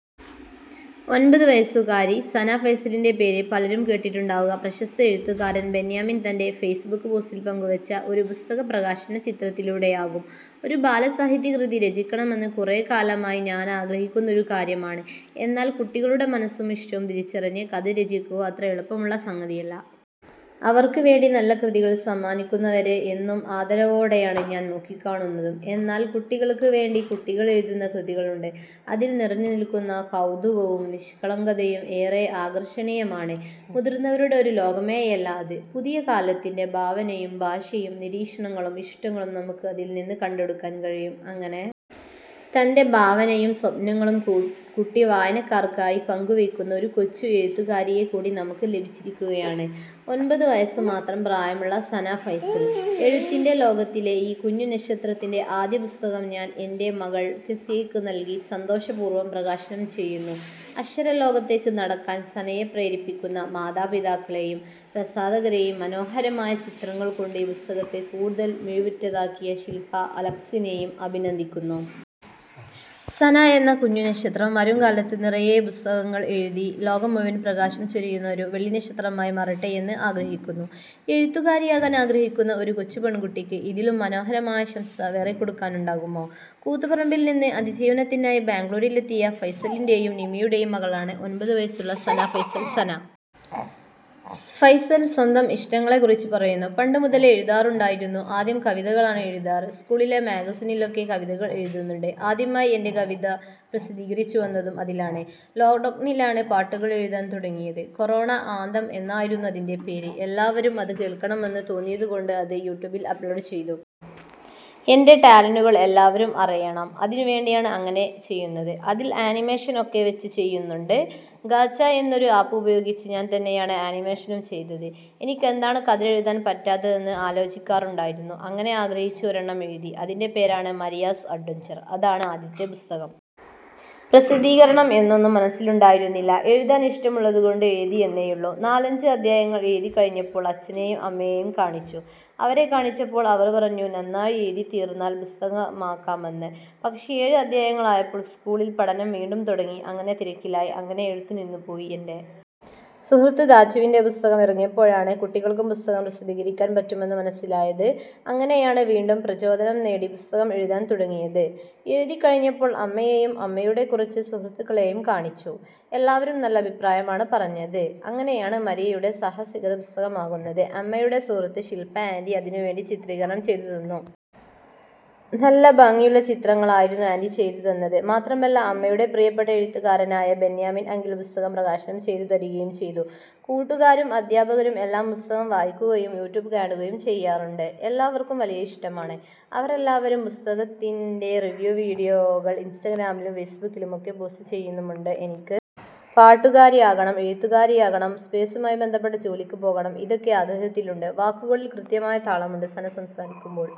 ഒൻപത് വയസ്സുകാരി സന ഫൈസലിന്റെ പേര് പലരും കേട്ടിട്ടുണ്ടാവുക പ്രശസ്ത എഴുത്തുകാരൻ ബെന്യാമിൻ തന്റെ ഫെയ്സ്ബുക്ക് പോസ്റ്റിൽ പങ്കുവച്ച ഒരു പുസ്തക പ്രകാശന ചിത്രത്തിലൂടെയാകും. ഒരു ബാലസാഹിത്യകൃതി രചിക്കണമെന്ന് കുറേ കാലമായി ഞാനാഗ്രഹിക്കുന്ന ഒരു കാര്യമാണ്. എന്നാൽ കുട്ടികളുടെ മനസ്സും ഇഷ്ടവും തിരിച്ചറിഞ്ഞ് കഥ രചിക്കുക അത്ര എളുപ്പമുള്ള സംഗതിയല്ല. അവർക്ക് വേണ്ടി നല്ല കൃതികൾ സമ്മാനിക്കുന്നവരെ എന്നും ആദരവോടെയാണ് ഞാൻ നോക്കിക്കാണുന്നതും. എന്നാൽ കുട്ടികൾക്ക് വേണ്ടി കുട്ടികൾ എഴുതുന്ന കൃതികളുണ്ട്. അതിൽ നിറഞ്ഞുനിൽക്കുന്ന കൗതുകവും നിഷ്കളങ്കതയും ഏറെ ആകർഷണീയമാണ്. മുതിർന്നവരുടെ ഒരു ലോകമേയല്ല അത്. പുതിയ കാലത്തിന്റെ ഭാവനയും ഭാഷയും നിരീക്ഷണങ്ങളും ഇഷ്ടങ്ങളും നമുക്ക് അതിൽ നിന്ന് കണ്ടെടുക്കാൻ കഴിയും. അങ്ങനെ തന്റെ ഭാവനയും സ്വപ്നങ്ങളും കുട്ടി വായനക്കാർക്കായി പങ്കുവയ്ക്കുന്ന ഒരു കൊച്ചു എഴുത്തുകാരിയെ കൂടി നമുക്ക് ലഭിച്ചിരിക്കുകയാണ്. ഒൻപത് വയസ് മാത്രം പ്രായമുള്ള സന ഫൈസൽ. എഴുത്തിന്റെ ലോകത്തിലെ ഈ കുഞ്ഞുനക്ഷത്രത്തിന്റെ ആദ്യ പുസ്തകം ഞാൻ എന്റെ മകൾ കെസിയയ്ക്ക് നൽകി സന്തോഷപൂർവം പ്രകാശനം ചെയ്യുന്നു. അക്ഷരലോകത്തേക്ക് നടക്കാൻ സനയെ പ്രേരിപ്പിക്കുന്ന മാതാപിതാക്കളെയും പ്രസാധകരെയും മനോഹരമായ ചിത്രങ്ങൾ കൊണ്ട് ഈ പുസ്തകത്തെ കൂടുതൽ മിഴിവുറ്റതാക്കിയ ശിൽപ അലക്സിനെയും അഭിനന്ദിക്കുന്നു. സന എന്ന കുഞ്ഞുനക്ഷത്രം വരുംകാലത്ത് നിറയെ പുസ്തകങ്ങൾ എഴുതി ലോകം മുഴുവൻ പ്രകാശം ചൊരിയുന്ന ഒരു വെള്ളിനക്ഷത്രമായി മാറട്ടെ എന്ന് ആഗ്രഹിക്കുന്നു. എഴുത്തുകാരിയാകാൻ ആഗ്രഹിക്കുന്ന ഒരു കൊച്ചുപെൺകുട്ടിക്ക് ഇതിലും മനോഹരമായ ആശംസ വേറെ കൊടുക്കാനുണ്ടാകുമോ? കൂത്തുപറമ്പിൽ നിന്ന് അതിജീവനത്തിനായി ബാംഗ്ലൂരിലെത്തിയ ഫൈസലിന്റെയും നിമയുടെയും മകളാണ് ഒൻപത് വയസ്സുള്ള സന ഫൈസൽ. സന ഫൈസൽ സ്വന്തം ഇഷ്ടങ്ങളെക്കുറിച്ച് പറയുന്നു. പണ്ട് മുതലേ എഴുതാറുണ്ടായിരുന്നു. ആദ്യം കവിതകളാണ് എഴുതാറ്. സ്കൂളിലെ മാഗസിനിലൊക്കെ കവിതകൾ എഴുതുന്നുണ്ട്. ആദ്യമായി എന്റെ ഒരു കവിത പ്രസിദ്ധീകരിച്ചു വന്നതും അതിലാണ്. ലോക്ഡൗണിലാണ് പാട്ടുകൾ എഴുതാൻ തുടങ്ങിയത്. കൊറോണ ആന്തം എന്നായിരുന്നു അതിന്റെ പേര്. എല്ലാവരും അത് കേൾക്കണമെന്നു തോന്നിയതുകൊണ്ട് അത് യൂട്യൂബിൽ അപ്ലോഡ് ചെയ്തു. എന്റെ ടാലന്റുകൾ എല്ലാവരും അറിയണം. അതിനു വേണ്ടിയാണ് അങ്ങനെ ചെയ്യുന്നത്. അതിൽ ആനിമേഷൻ ഒക്കെ വച്ച് ചെയ്യുന്നുണ്ട്. ഗാച്ചാ എന്നൊരു ആപ്പ് ഉപയോഗിച്ച് ഞാൻ തന്നെയാണ് ആനിമേഷനും ചെയ്തത്. എനിക്കെന്താണ് കഥയെഴുതാൻ പറ്റാത്തതെന്ന് ആലോചിക്കാറുണ്ടായിരുന്നു. അങ്ങനെ ആഗ്രഹിച്ച് ഒരെണ്ണം എഴുതി. അതിന്റെ പേരാണ് മരിയാസ് അഡ്വഞ്ചർ. അതാണ് ആദ്യത്തെ പുസ്തകം. പ്രസിദ്ധീകരിക്കണം എന്നൊന്നും മനസ്സിലുണ്ടായിരുന്നില്ല. എഴുതാൻ ഇഷ്ടമുള്ളതുകൊണ്ട് എഴുതി എന്നേയുള്ളൂ. നാലഞ്ച് അധ്യായങ്ങൾ എഴുതി കഴിഞ്ഞപ്പോൾ അച്ഛനെയും അമ്മയെയും കാണിച്ചു. അവരെ കാണിച്ചപ്പോൾ അവർ പറഞ്ഞു നന്നായി എഴുതിത്തീർത്താൽ പുസ്തകമാക്കാമെന്ന്. പക്ഷേ ഏഴ് അധ്യായങ്ങൾ ആയപ്പോൾ സ്കൂളിൽ പഠനം വീണ്ടും തുടങ്ങി. ഞാൻ തിരക്കിലായി. അങ്ങനെ എഴുത്ത് നിന്നുപോയി. എന്റെ സുഹൃത്ത് താച്ചുവിന്റെ പുസ്തകം ഇറങ്ങിയപ്പോഴാണ് കുട്ടികൾക്കും പുസ്തകം പ്രസിദ്ധീകരിക്കാൻ പറ്റുമെന്ന് മനസ്സിലായത്. അങ്ങനെയാണ് വീണ്ടും പ്രചോദനം നേടി പുസ്തകം എഴുതാൻ തുടങ്ങിയത്. എഴുതി കഴിഞ്ഞപ്പോൾ അമ്മയെയും അമ്മയുടെ കുറച്ച് സുഹൃത്തുക്കളെയും കാണിച്ചു. എല്ലാവരും നല്ല അഭിപ്രായമാണ് പറഞ്ഞത്. അങ്ങനെയാണ് മരിയയുടെ സാഹസികത പുസ്തകമാകുന്നത്. അമ്മയുടെ സുഹൃത്ത് ശിൽപ ആന്റി അതിനുവേണ്ടി ചിത്രീകരണം ചെയ്തു തന്നു. നല്ല ഭംഗിയുള്ള ചിത്രങ്ങളായിരുന്നു ആന്റി ചെയ്തു തന്നത്. മാത്രമല്ല അമ്മയുടെ പ്രിയപ്പെട്ട എഴുത്തുകാരനായ ബെന്യാമിൻ അങ്കിൾ പുസ്തകം പ്രകാശനം ചെയ്തു തരികയും ചെയ്തു. കൂട്ടുകാരും അധ്യാപകരും എല്ലാം പുസ്തകം വായിക്കുകയും യൂട്യൂബ് കാണുകയും ചെയ്യാറുണ്ട്. എല്ലാവർക്കും വലിയ ഇഷ്ടമാണ്. അവരെല്ലാവരും പുസ്തകത്തിന്റെ റിവ്യൂ വീഡിയോകൾ ഇൻസ്റ്റഗ്രാമിലും ഫെയ്സ്ബുക്കിലും ഒക്കെ പോസ്റ്റ് ചെയ്യുന്നുമുണ്ട്. എനിക്ക് പാട്ടുകാരിയാകണം. എഴുത്തുകാരിയാകണം. സ്പേസുമായി ബന്ധപ്പെട്ട ജോലിക്ക് പോകണം. ഇതൊക്കെ ആഗ്രഹത്തിലുണ്ട്. വാക്കുകളിൽ കൃത്യമായ താളമുണ്ട് സന സംസാരിക്കുമ്പോൾ.